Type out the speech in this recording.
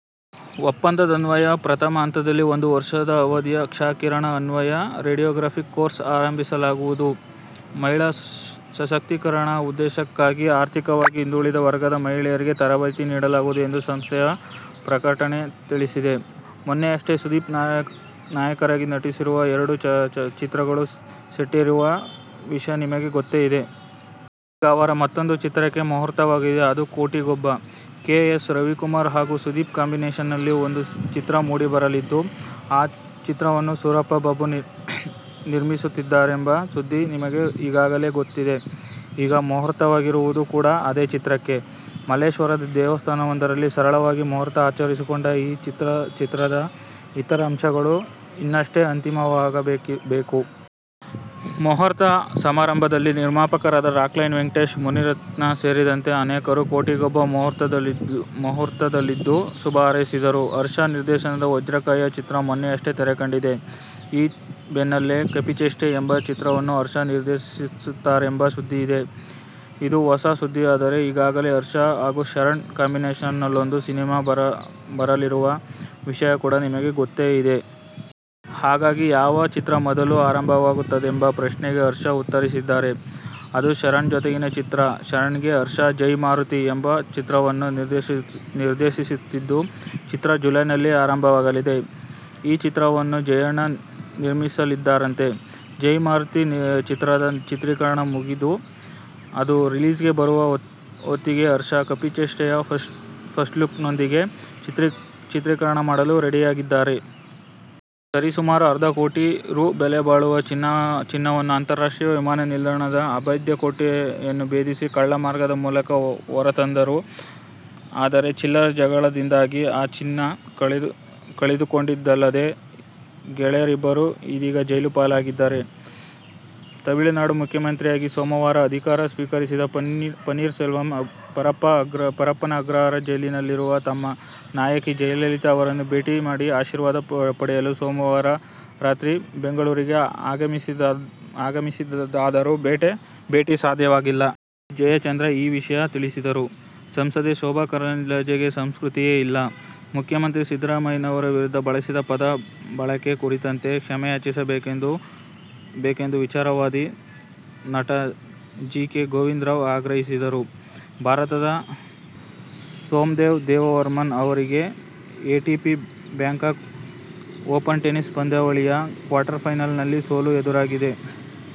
ಒಪ್ಪಂದದನ್ವಯ ಪ್ರಥಮ ಹಂತದಲ್ಲಿ ಒಂದು ವರ್ಷ ಅವಧಿಯ ಕ್ಷ-ಕಿರಣ ಆನ್ವಯಿಕ ರೇಡಿಯೋಗ್ರಾಫಿಕ್ ಕೋರ್ಸ್ ಆರಂಭಿಸಲಾಗುವುದು. ಮಹಿಳಾ ಸಶಕ್ತೀಕರಣ ಉದ್ದೇಶಕ್ಕಾಗಿ ಆರ್ಥಿಕವಾಗಿ ಹಿಂದುಳಿದ ವರ್ಗದ ಮಹಿಳೆಯರಿಗೆ ತರಬೇತಿ ನೀಡಲಾಗುವುದು ಎಂದು ಸಂಸ್ಥೆಯ ಪ್ರಕಟಣೆ ತಿಳಿಸಿದೆ. ಮೊನ್ನೆಯಷ್ಟೇ ಸುದೀಪ್ ನಾಯಕರಾಗಿ ನಟಿಸುತ್ತಿರುವ ಎರಡು ಚಿತ್ರಗಳು ಸೆಟ್ಟೇರಿರುವ ವಿಷಯ ನಿಮಗೆ ಗೊತ್ತೇ ಇದೆ. ಈಗ ಅವರ ಮತ್ತೂಂದು ಚಿತ್ರಕ್ಕೆ ಮುಹೂರ್ತವಾಗಿದೆ. ಅದು "ಕೋಟಿಗೊಬ್ಬ'. ಕೆ. ಎಸ್. ರವಿಕುಮಾರ್ ಹಾಗೂ ಸುದೀಪ್ ಕಾಂಬಿನೇಶನ್ನಲ್ಲಿ ಒಂದು ಚಿತ್ರ ಮೂಡಿಬರಲಿದ್ದು, ಆ ಚಿತ್ರವನ್ನು ಸೂರಪ್ಪ ಬಾಬು ನಿರ್ಮಿಸುತ್ತಿದ್ದಾರೆಂಬ ಸುದ್ದಿ ನಿಮಗೆ ಈಗಾಗಲೇ ಗೊತ್ತಿದೆ. ಈಗ ಮುಹೂರ್ತವಾಗಿರುವುದು ಕೂಡಾ ಅದೇ ಚಿತ್ರಕ್ಕೆ. ಮಲ್ಲೇಶ್ವರದ ದೇವಸ್ಥಾನವೊಂದರಲ್ಲಿ ಸರಳವಾಗಿ ಮುಹೂರ್ತ ಆಚರಿಸಿಕೊಂಡ ಈ ಚಿತ್ರದ ಇತರ ಅಂಶಗಳು ಇನ್ನಷ್ಟೇ ಅಂತಿಮವಾಗಬೇಕು. ಮುಹೂರ್ತ ಸಮಾರಂಭದಲ್ಲಿ ನಿರ್ಮಾಪಕರಾದ ರಾಕ್ಲೈನ್ ವೆಂಕಟೇಶ್, ಮುನಿರತ್ನ ಸೇರಿದಂತೆ ಅನೇಕರು "ಕೋಟಿಗೊಬ್ಬ' ಮುಹೂರ್ತದಲ್ಲಿದ್ದು ಶುಭ ಹಾರೈಸಿದರು. ಹರ್ಷ ನಿರ್ದೇಶನದ "ವಜ್ರಕಾಯ' ಚಿತ್ರ ಮೊನ್ನೆಯಷ್ಟೇ ತೆರೆಕಂಡಿದೆ. ಈ ಬೆನ್ನಲ್ಲೇ "ಕಪಿಚೇಷ್ಟೆ' ಎಂಬ ಚಿತ್ರವನ್ನು ಹರ್ಷ ನಿರ್ದೇಶಿಸುತ್ತಾರೆಂಬ ಸುದ್ದಿಯಿದೆ. ಇದು ಹೊಸ ಸುದ್ದಿಯಾದರೆ ಈಗಾಗಲೇ ಹರ್ಷ ಹಾಗೂ ಶರಣ್ ಕಾಂಬಿನೇಶನ್ನಲ್ಲೊಂದು ಸಿನಿಮಾ ಬರಲಿರುವ ವಿಷಯ ಕೂಡಾ ನಿಮಗೆ ಗೊತ್ತೇ ಇದೆ. ಹಾಗಾದರೆ ಯಾವ ಚಿತ್ರ ಮೊದಲು ಆರಂಭವಾಗುತ್ತದೆಂಬ ಪ್ರಶ್ನೆಗೆ ಹರ್ಷ ಉತ್ತರಿಸಿದ್ದಾರೆ. ಅದು ಶರಣ್ ಜೊತೆಗಿನ ಚಿತ್ರ. ಶರಣ್ಗಾಗಿ ಹರ್ಷ "ಜೈ ಮಾರುತಿ ' ಎಂಬ ಚಿತ್ರವನ್ನು ನಿರ್ದೇಶಿಸುತ್ತಿದ್ದು, ಚಿತ್ರ ಜುಲೈಯಲ್ಲಿ ಆರಂಭವಾಗಲಿದೆ. ಈ ಚಿತ್ರವನ್ನು ಜಯಣ್ಣ ನಿರ್ಮಿಸಲಿದ್ದಾರಂತೆ. "ಜೈ ಮಾರುತಿ ' ಚಿತ್ರದ ಚಿತ್ರೀಕರಣ ಮುಗಿದು, ಅದು ರಿಲೀಸ್ಗೆ ಬರುವ ಹೊತ್ತಿಗೆ ಹರ್ಷ "ಕಪಿಚೇಷ್ಟೆ'ಯ ಫಸ್ಟ್ಲುಕ್ನೊಂದಿಗೆ ಚಿತ್ರೀಕರಣ ಮಾಡಲು ರೆಡಿಯಾಗಲಿದ್ದಾರೆ. ಸರಿ ಸುಮಾರು ಅರ್ಧ ಕೋಟಿ ರೂ. ಬೆಲೆ ಬಾಳುವ ಚಿನ್ನವನ್ನುಅಂತಾರಾಷ್ಟ್ರೀಯ ವಿಮಾನ ನಿಲ್ದಾಣದ ಅಭೇದ್ಯ ಕೋಟೆಯನ್ನು ಭೇದಿಸಿ ಕಳ್ಳ ಮಾರ್ಗದ ಮೂಲಕ ಹೊರತಂದರು. ಆದರೆ "ಚಿಲ್ಲರೆ' ಜಗಳದಿಂದಾಗಿ ಆ ಚಿನ್ನ ಕಳೆದುಕೊಂಡಿದ್ದಲ್ಲದೆ, ಗೆಳೆಯರಿಬ್ಬರು ಇದೀಗ ಜೈಲುಪಾಲಾಗಿದ್ದಾರೆ! ತಮಿಳುನಾಡು ಮುಖ್ಯಮಂತ್ರಿಯಾಗಿ ಸೋಮವಾರ ಅಧಿಕಾರ ಸ್ವೀಕರಿಸಿದ ಪನ್ನೀರ್ ಸೆಲ್ವಂ ಪರಪ್ಪನ ಅಗ್ರಹಾರ ಜೈಲಿನಲ್ಲಿರುವ ತಮ್ಮ ನಾಯಕಿ ಜಯಲಲಿತಾ ಅವರನ್ನು ಭೇಟಿ ಮಾಡಿ ಆಶೀರ್ವಾದ ಪಡೆಯಲು ಸೋಮವಾರ ರಾತ್ರಿ ಬೆಂಗಳೂರಿಗೆ ಆಗಮಿಸಿದರಾದರೂ ಭೇಟಿ ಸಾಧ್ಯವಾಗಿಲ್ಲ. ಬಿ. ಜಯಚಂದ್ರ ಈ ವಿಷಯ ತಿಳಿಸಿದರು. ಸಂಸದೆ ಶೋಭಾ ಕರಂದ್ಲಾಜೆಗೆ ಸಂಸ್ಕೃತಿಯೇ ಇಲ್ಲ. ಮುಖ್ಯಮಂತ್ರಿ ಸಿದ್ದರಾಮಯ್ಯನವರ ವಿರುದ್ಧ ಬಳಸಿದ ಪದ ಬಳಕೆ ಕುರಿತಂತೆ ಕ್ಷಮೆಯಾಚಿಸಬೇಕೆಂದು ವಿಚಾರವಾದಿ, ನಟ ಜಿಕೆ ಗೋವಿಂದರಾವ್ ಆಗ್ರಹಿಸಿದರು. ಭಾರತದ ಸೋಮ್ದೇವ್ ದೇವವರ್ಮನ್ ಅವರಿಗೆ "ಎಟಿಪಿ ಬ್ಯಾಂಕಾಕ್ ಓಪನ್ ಟೆನಿಸ್ ಪಂದ್ಯಾವಳಿ'ಯ ಕ್ವಾರ್ಟರ್ ಫೈನಲ್ನಲ್ಲಿ ಸೋಲು ಎದುರಾಗಿದೆ.